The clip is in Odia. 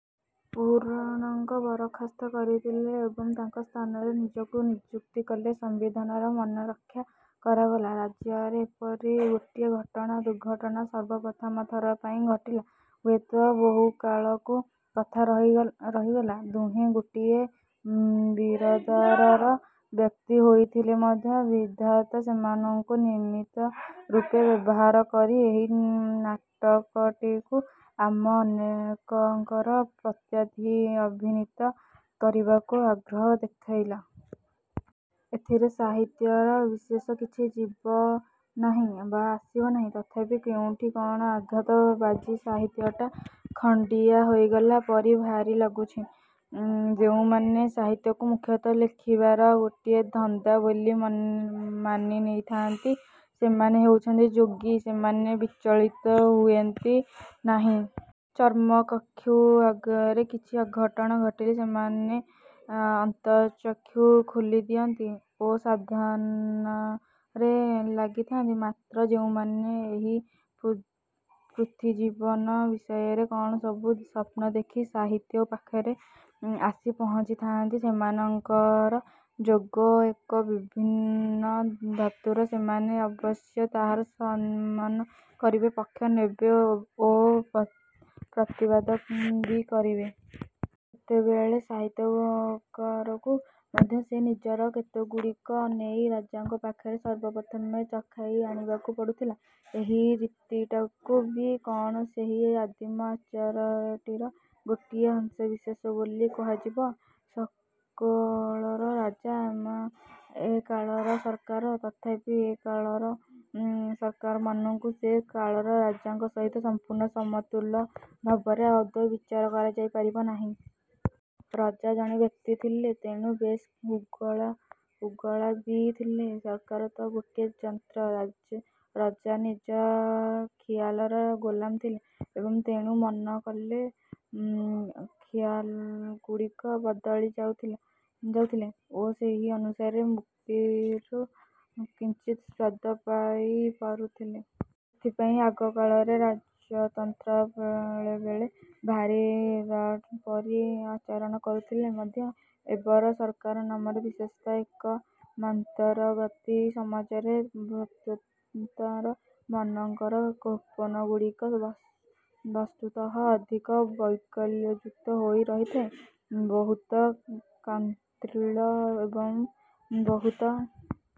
ପୁରୁଣାଙ୍କୁ ବରଖାସ୍ତ କରିଦେଲେ ଏବଂ ତାଙ୍କ ସ୍ଥାନରେ ନିଜକୁ ନିଯୁକ୍ତି କଲେ। ସମ୍ବିଧାନର ମାନରକ୍ଷା କରାଗଲା। ରାଜ୍ୟରେ ଏପରି ଗୋଟିଏ ଘଟଣା, ଦୁର୍ଘଟଣା ସର୍ବପ୍ରଥମ ଥର ପାଇଁ ଘଟିଲା। ହୁଏତ ବହୁକାଳକୁ କଥା ରହିଗଲା। ଦୁହେଁ ଗୋଟିଏ ବିରାଦରର ବ୍ୟକ୍ତି ହୋଇଥିଲେ ମଧ୍ୟ ବିଧାତା ସେମାନଙ୍କୁ ନିମିତ୍ତ ରୂପେ ବ୍ୟବହାର କରି ଏହି ନାଟକଟିକୁ ଆମ ଅନେକଙ୍କର ପ୍ରତଧି ଅଭିନୀତ କରିବାକୁ ଆଗ୍ରହ ଦେଖାଇଲା। ଏଥିରେ ସାହିତ୍ୟର ବିଶେଷ କିଛି ଯିବ ନାହିଁ ବା ଆସିବ ନାହିଁ। ତଥାପି କେଉଁଠି କଣ ଆଘାତ ବାଜି ସାହିତ୍ୟଟା ଖଣ୍ଡିଆ ହୋଇଗଲା ପରି ଭାରି ଲାଗୁଛି। ଯୋଉଁମାନେ ସାହିତ୍ୟକୁ ମୁଖ୍ୟତଃ ଲେଖିବାର ଗୋଟିଏ ଧନ୍ଦା ବୋଲି ମାନ ମାନି ନେଇଥାନ୍ତି, ସେମାନେ ହେଉଛନ୍ତି ଯୋଗୀ। ସେମାନେ ବିଚଳିତ ହୁଏନ୍ତି ନାହିଁ। ଚର୍ମ ଚକ୍ଷୁ ଆଗରେ କିଛି ଅଘଟଣ ଘଟିଲେ ସେମାନେ ଅନ୍ତର୍ଚକ୍ଷୁ ଖୋଲିଦିଅନ୍ତି ଓ ସାଧନାରେ ଲାଗିଥାନ୍ତି। ମାତ୍ର ଯେଉଁମାନେ ଏହି ପୃଥ୍ୱୀଜୀବନ ବିଷୟରେ କଣ ସବୁ ସ୍ୱପ୍ନ ଦେଖି ସାହିତ୍ୟ ପାଖରେ ଆସି ପହଞ୍ଚିଥାଆନ୍ତି, ସେମାନଙ୍କର ଯୋଗ ଏକ ଭିନ୍ନ ଧାତୁର। ସେମାନେ ଅବଶ୍ୟ ତାହାର ସାମ୍ନା କରିବେ, ପକ୍ଷ ନେବେ ଓ ପ୍ରତିବାଦ ବି କରିବେ। ସେତେବେଳେ ସାହିତ୍ୟକାରକୁ ମଧ୍ୟ ସେ ନିଜର କୃତିଗୁଡ଼ିକୁ ନେଇ ରାଜାଙ୍କ ପାଖରେ ସର୍ବପ୍ରଥମେ ଚଖାଇ ଆଣିବାକୁ ପଡୁଥିଲା, ଏହି ରୀତିଟାକୁ ବି କଣ ସେହି ଆଦିମ ଆଚାରଟିର ଗୋଟିଏ ଅଂଶବିଶେଷ ବୋଲି କୁହାଯିବ? ସକଳର ରାଜା, ଆମ ଏ କାଳର ସରକାର। ତଥାପି ଏ କାଳର ସରକାରମାନଙ୍କୁ ସେ କାଳର ରାଜାଙ୍କ ସହିତ ସମ୍ପୂର୍ଣ୍ଣ ସମତୁଲ ଭାବରେ ଆଦୌ ବିଚାର କରାଯାଇ ପାରିବ ନାହିଁ। ରଜା ଜଣେ ବ୍ୟକ୍ତି ଥିଲେ, ତେଣୁ ବେଶ ହୁଗଳା ହୁଗୁଳା ବି ଥିଲେ। ସରକାର ତ ଗୋଟାଏ ଯନ୍ତ୍ର। ରଜା ନିଜ ଖିଆଲର ଗୋଲାମ ଥିଲେ ଏବଂ ତେଣୁ ମନ କଲେ ଖିଆଲଗୁଡ଼ିକ ବଦଳି ଯାଇଥିଲେ ଯାଉଥିଲେ ଓ ସେହି ଅନୁସାରେ ମୁକ୍ତିର କିଞ୍ଚିତ୍ ସ୍ୱାଦ ପାଇ ପାରୁଥିଲେ। ସେଥିପାଇଁ ଆଗକାଳର ରାଜତନ୍ତ୍ର ବେଳେବେଳେ ଭାରି ରାଢ଼ ପରି ଆଚରଣ କରିଥିଲେ ମଧ୍ୟ ଏବର ସରକାର ନାମରେ ବିଶେଷତଃ ଏକ ମନ୍ଥରଗତି ସମାଜରେ ଭୃତ୍ୟତନ୍ତ୍ର ମାନଙ୍କର କୋପନଗୁଡ଼ିକ ବସ୍ତୁତଃ ଅଧିକ ବୈକଲ୍ୟଯୁକ୍ତ ହୋଇ ରହିଥାଏ। ବହୁତ ଗ୍ରନ୍ଥିଳ ଏବଂ ବହୁତ